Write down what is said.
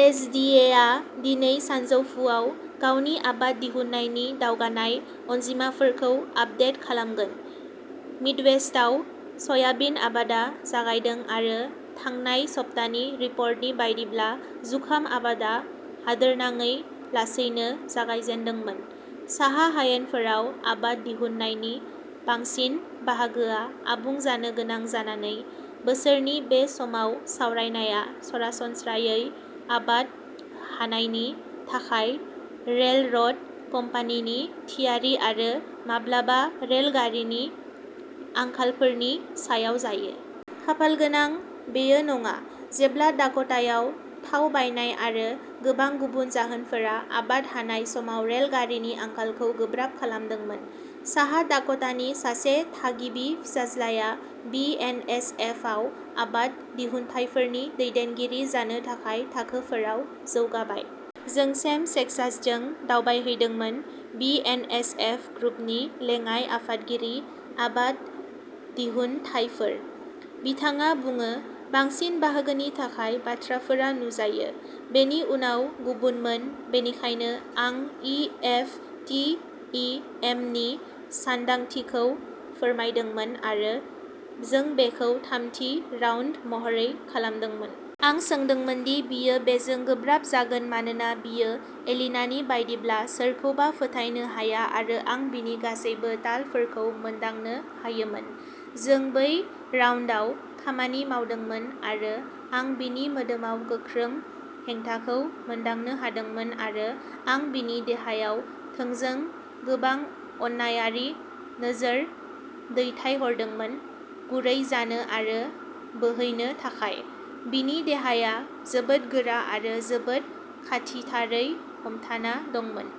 S. D. A. आ दिनै सानजौफुआव गावनि आबाद दिहुन्नायनि दावगानाय अनजिमाफोरखौ आपदेट खालामगोन। मिडवेस्टआव सयाबिन आबादा जागायदों, आरो थांनाय सप्तानि रिपर्टनि बायदिब्ला, जुखाम आबादा हादोरनाङै लासैनो जागायजेन्दोंमोन। साहा हायेनफोराव आबाद दिहुन्नायनि बांसिन बाहागोआ आबुं जानो गोनां जानानै, बोसोरनि बे समाव सावरायनाया सरासनस्रायै आबाद हानायनि थाखाय रेलरोड कम्पानिनि थियारि-आरो माब्लाबा-रेल गारिनि आंखालफोरनि सायाव जायो। खाफालगोनांै, बेयो नङा, जेब्ला डाक'टायाव थाव बांनाय-आरो गोबां गुबुन जाहोनफोरा-आबाद हानाय समाव रेल गारिनि आंखालखौ गोब्राब खालामदोंमोन। साहा डाक'टानि सासे थागिबि फिसाज्लाया बि. एन. एस. एफ. आव आबाद दिहुनथायफोरनि दैदेनगिरि जानो थाखाय थाखोफोराव जौगाबाय। जों सेम सेक्सासजों दावबायहैदोंमोन, बि. एन. एस. एफ. ग्रुपनि लेङाइ आफादगिरि, आबाद दिहुनथायफोर। बिथाङा बुङो, बांसिन बाहागोनि थाखाय, बाथ्राफोरा नुजायो। बेनि उनाव गुबुनमोन, बेनिखायनो आं E. F. T. E. M. नि सानदांथिखौ फोरमायदोंमोन आरो जों बेखौ थामथि राउन्ड महरै खालामदोंमोन। आं सोंदोंमोनदि बियो बेजों गोब्राब जागोन मानोना बियो एलिनानि बायदिब्ला सोरखौबा फोथायनो हाया आरो आं बिनि गासैबो ढालफोरखौ मोनदांनो हायोमोन। जों बै राउन्डआव खामानि मावदोंमोन आरो आं बिनि मोदोमाव गोख्रों हेंथाखौ मोनदांनो हादोंमोन आरो आं बिनि देहायाव थोंजों गोबां अननायारि नोजोर दैथायहरदोंमोन गुरै जानो आरो बोहैनो थाखाय। बिनि देहाया जोबोद गोरा आरो जोबोद खाथिथारै हमथाना दंमोन।